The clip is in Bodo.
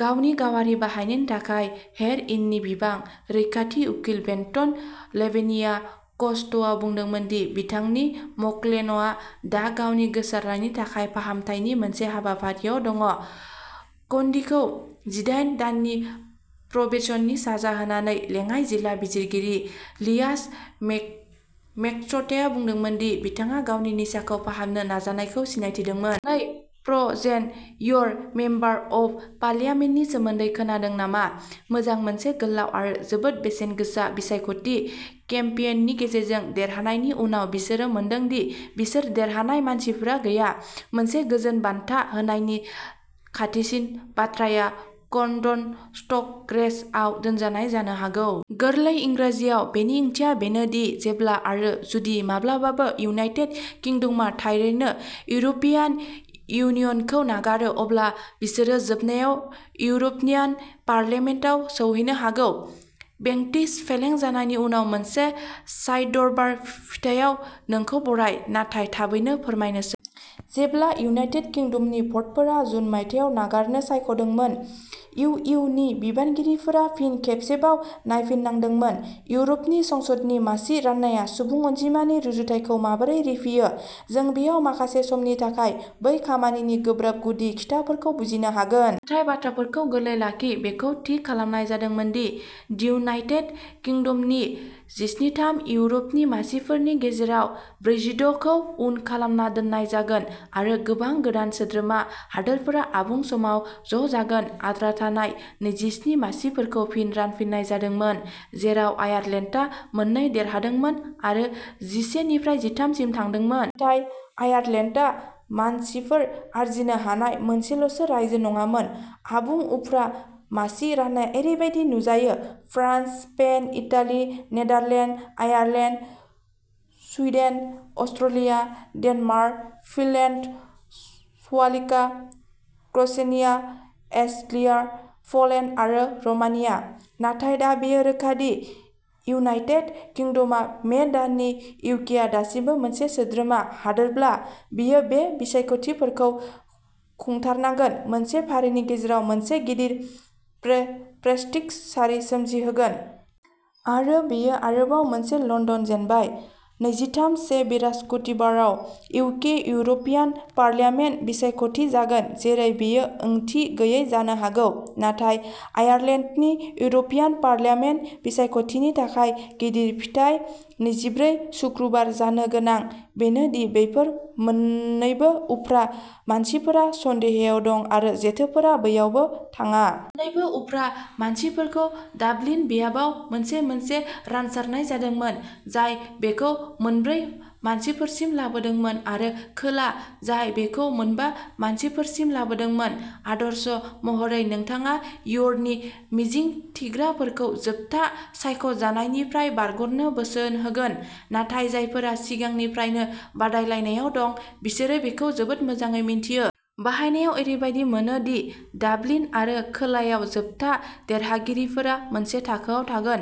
गावनि गावारि बाहायनायनि थाखाय हेर'इननि बिबां। रैखाथि उकिल ब्रेनटन लेबेनिया कचट'आव बुंदोंमोन दि बिथांनि मक्केलआ दा गावनि सोनारनायनि थाखाय फाहामथायनि मोनसे हाबाफारिआव दं। क'नडीखौ जिदाइन दाननि प्रबेशननि साजा होनानै लेङाइ जिल्ला बिजिरगिरि लियास मेक मेकस्टेआ बुंदोंमोन दि बिथाङा गावनि निसाखौ फाहामनो नाजानायफोरखौ सिनायथिदोंमोन। सानै फ्र'जेन इउर' मेम्बार अब फार्लियामेन्टफोरनि सोमोन्दै खोनादों नामा? मोजां मोनसे गोलाव आरो जोबोद बेसेन गोसा बिसायख'थि केम्पेइननि गेजेरजों देरहानायनि उनाव बिसोरो मोनदों दि बिसोर देरहानाय मासिफोरा गैया। मोनसे गोजोन बान्था होनायनि खाथिसिन बाथ्राया "क'नडन स्ट'रेज" आव दोनजानाय जानो हागौ। गोरलै इंराजियाव, बेनि ओंथिया बेनो दि जेब्ला, आरो जुदि माब्लाबाबो, इउनाइटेड किंडमआ थारैनो इउर'पियान इउनियनखौ नागारो, अब्ला बिसोरो जोबनायाव इउर'पियान पार्लियामेन्टआव सौहैनो हागौ। बेंटिस फेलें जानायनि गुबुन मोनसे साइडबार फिथायाव नोंखौ बराय। नाथाय थाबैनो फोरमायनोसै। जेब्ला इउनाइटेट किंदमनि भटफोरा जुन मायथाइयाव नागारनो सायख'दोंमोन, इउ इउ नि बिबानगिरिफोरा फिन खेबसेबाव नायफिननांदोंमोनदि इउर'पनि संसदनि मासि राननाया सुबुं अनजिमानि रुजुथायखौ माबोरै रिफियो। जों बेयाव माखासे समनि थाखाय बै खामानिनि गोब्राब गुदि खिथाफोरखौ बुजिनो हागोन। नाथाय बाथ्राफोरखौ गोरलै लाखि। बेखौ थि खालामनाय जादोंमोन दिइउनाइटेट किंदमनि स्निजिथाम इउर'नि मासिफोरनि गेजेराव ब्रैजिद'खौ उन खामनायाव दोननाय जागोन आरो गोबां गोदान सोद्रोमा हादोरफोरा आबुं समाव ज'जागोन। आद्रा थानाय नैजिस्नि मासिफोरखौ फिन रानफिननाय जादोंमोन, जेराव आयारलेन्डआ मोननै देरहादोंमोन आरो जिसे निफ्राय जिथाम सिम थांदोंमोन। नाथाय आयारलेन्डआ मासिफोर आरजिनो हानाय मोनसेल' रायजो नङामोन। आबुं उफ्रा मासि राननाया ओरैबायदि नुजायो France, Spain, Italy, Netherland, Ireland, Sweden, Austria, Denmark, Finland, Slovakia, Croatia, Estonia, Poland आरो र'मानिया। नाथाय दा बेयो रोखा दि इउनाइटेट किंदमआ मे दाननि इउकेआ दासिमबो मोनसे सोद्रोमा हादोरब्ला, बियो बे बिसायख'थिफोरखौ खुंथारनांगोन, मोनसे फारिनि गेजेराव मोनसे गिदिर प्रे प्रेक्सिट सारि सोमजिहोगोन। आरो बेयो आरोबाव मोनसे लण्डन जेनबाय नैजिथाम मे बृहस्पतिबाराव इउके इउर'पियान पार्लियामेन्ट बिसायख'थि जागोन, जेरै बेयो ओंथि गैयै जानो हागौ। नाथाय आयारलेन्डनि इउर'पियान पार्लियामेन्ट बिसायख'थिनि थाखाय गिदिर फिथाय नैजिब्रै सुक्रुबाराव जानो गोनां बेनो दि बैफोर मोन्नैबो उफ्रा मानसिफोरा सन्देहआव दं आरो जेथोफोरा बैयावबो थाङा। मोन्नैबो उफ्रा मासिफोरखौ डाबलिन बियाबाव मोनसे-मोनसे रानसारनाय जादोंमोन, जाय बेखौ मोनब्रै मानसिफोरसिम लाबोदोंमोन आरो खोला, जाय बेखौ मोनबा मासिफोरसिम लाबोदोंमोन। आदर्श महरै नोंथाङा इउरनि मिजिंथिग्राफोरखौ जोबथा सायख'जानायनिफ्राय बारग'नो बोसोन होगोन। नाथाय जायफोरा सिगांनिफ्रायनो बादायलायनायाव दं, बिसोरो बेखौ जोबोद मोजाङै मिनथियो। बाहायनायाव ओरैबादि मोनो दि डाबलिन आरो खोलायाव जोबथा देरहागिरिफोरा मोनसे थाखोआव थागोन।